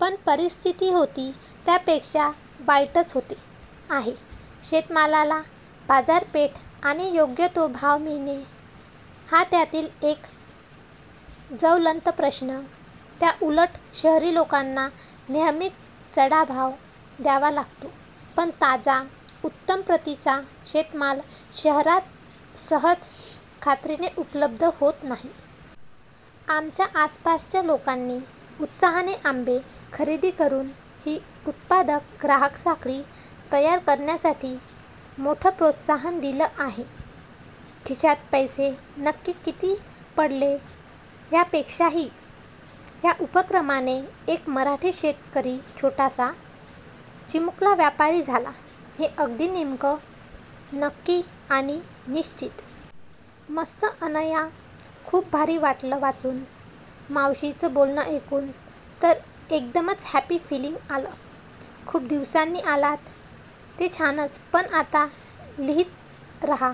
पण परिस्थिती होती त्यापेक्षा वाईटच होते आहे. शेतमालाला बाजारपेठ आणि योग्य तो भाव मिळणे, हा त्यातील एक ज्वलंत प्रश्न. त्याउलट शहरी लोकांना नेहमीच चढा भाव द्यावा लागतो. पण ताजा, उत्तम प्रतीचा शेतमाल शहरात सहज खात्रीने उपलब्ध होत नाही. आमच्या आसपासच्या लोकांनी उत्साहाने आंबे खरेदी करून ही उत्पादक-ग्राहक साखळी तयार करण्यासाठी मोठं प्रोत्साहन दिलं आहे. खिशात पैसे नक्की किती पडले? ह्या पेक्षाही ह्या उपक्रमाने एक मराठी शेतकरी छोटासा, चिमुकला व्यापारी झाला, हे अगदी नेमकं, नक्की आणि निश्चित!! मस्त अनया. खूप भारी वाटलं वाचुन. मावशीचं बोलणं ऐकुन तर एकदमचं हॅपी फीलिंग आलं. खुप दिवसांनी आलात ते छानच पण आता लिहीत रहा.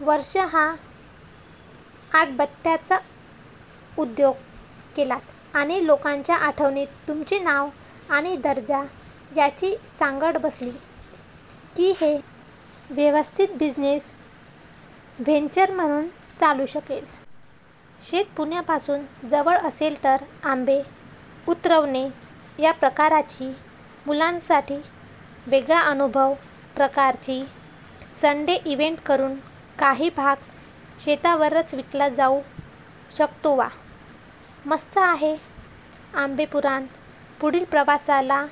वर्षे हा आतबट्ट्याचा उद्योग केलात आणि लोकांच्या आठवणीत तुमचे नाव आणि दर्जा यांची सांगड बसली की हे व्यवस्थित बिझनेस व्हेंचर म्हणून चालू शकेल. शेत पुण्यापासून जवळ असेल तर "आंबे उतरवणे " या प्रकाराची " मुलांसाठी वेगळा अनुभव" प्रकारची -संडे इव्हेंट करुन काही भाग शेतावरच विकला जाऊ शकतोवा, मस्त आहे आंबेपुराण.. पुढील प्रवासाला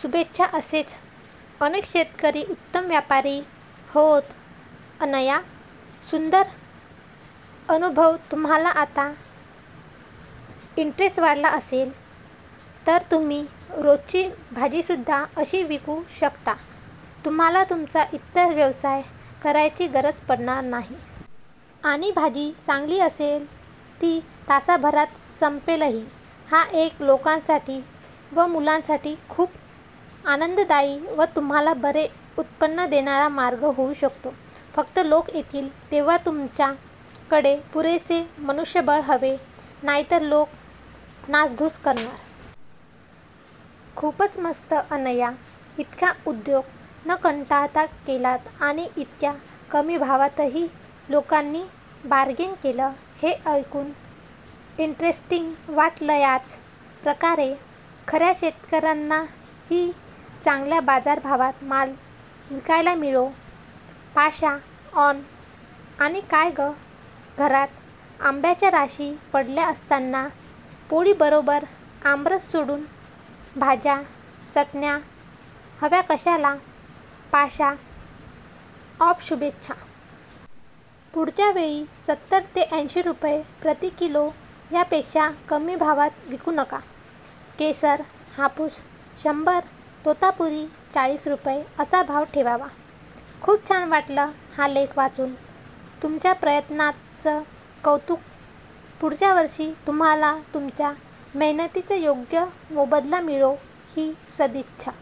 शुभेच्छाअसेच अनेक शेतकरी उत्तम व्यापारी होवोतअनया, सुंदर अनुभवतुम्हाला आता इंटरेस्ट वाढला असेल तर तुम्ही रोजची भाजीसुदधा अशी विकू शकता, तुम्हाला तुमचा इतर व्यवसाय करायची गरज पडणार नाही. आणि भाजी चांगली असेल तर ती तासाभरात संपेलही. हा एक लोकांसाठी व मुलांसाठी खूप आनंददायी व तुम्हाला बरे उत्पन्न देणारा मार्ग होऊ शकतो, फक्त लोक येतील तेव्हा तुमच्या कडे पुरेसे मनुष्यबळ हवे. नाहीतर लोक नासधूस करणार. खूपच मस्त अनया. इतका उद्योग न कंटाळता केलात, आणि इतक्या कमी भावातही लोकांनी बारगेन केलं हे ऐकून इंटरेस्टिंग वाटलंयाच प्रकारे खऱ्या शेतकऱ्यांनाही चांगल्या बाजारभावात माल विकायला मिळो. पांशा ऑन 'आणि काय गं, घरात आंब्याच्या राशी पडल्या असताना पोळी बरोबर आमरस सोडून भाज्या चटण्या हव्या कशाला' पांशा ऑफशुभेच्छा!! पुढच्या वेळी सत्तर ते ऐंशी रुपये प्रति किलो या पेक्षा कमी भावात विकू नका. केशर, हापूस शंभर, तोतापुरी चाळीस रुपये असा भाव ठेवावा. खूप छान वाटलं हा लेख वाचून. तुमच्या प्रयत्नांच कौतुक. पुढच्या वर्षी तुम्हाला तुमच्या मेहनतीचा योग्य मोबदला मिळो ही सदिच्छा.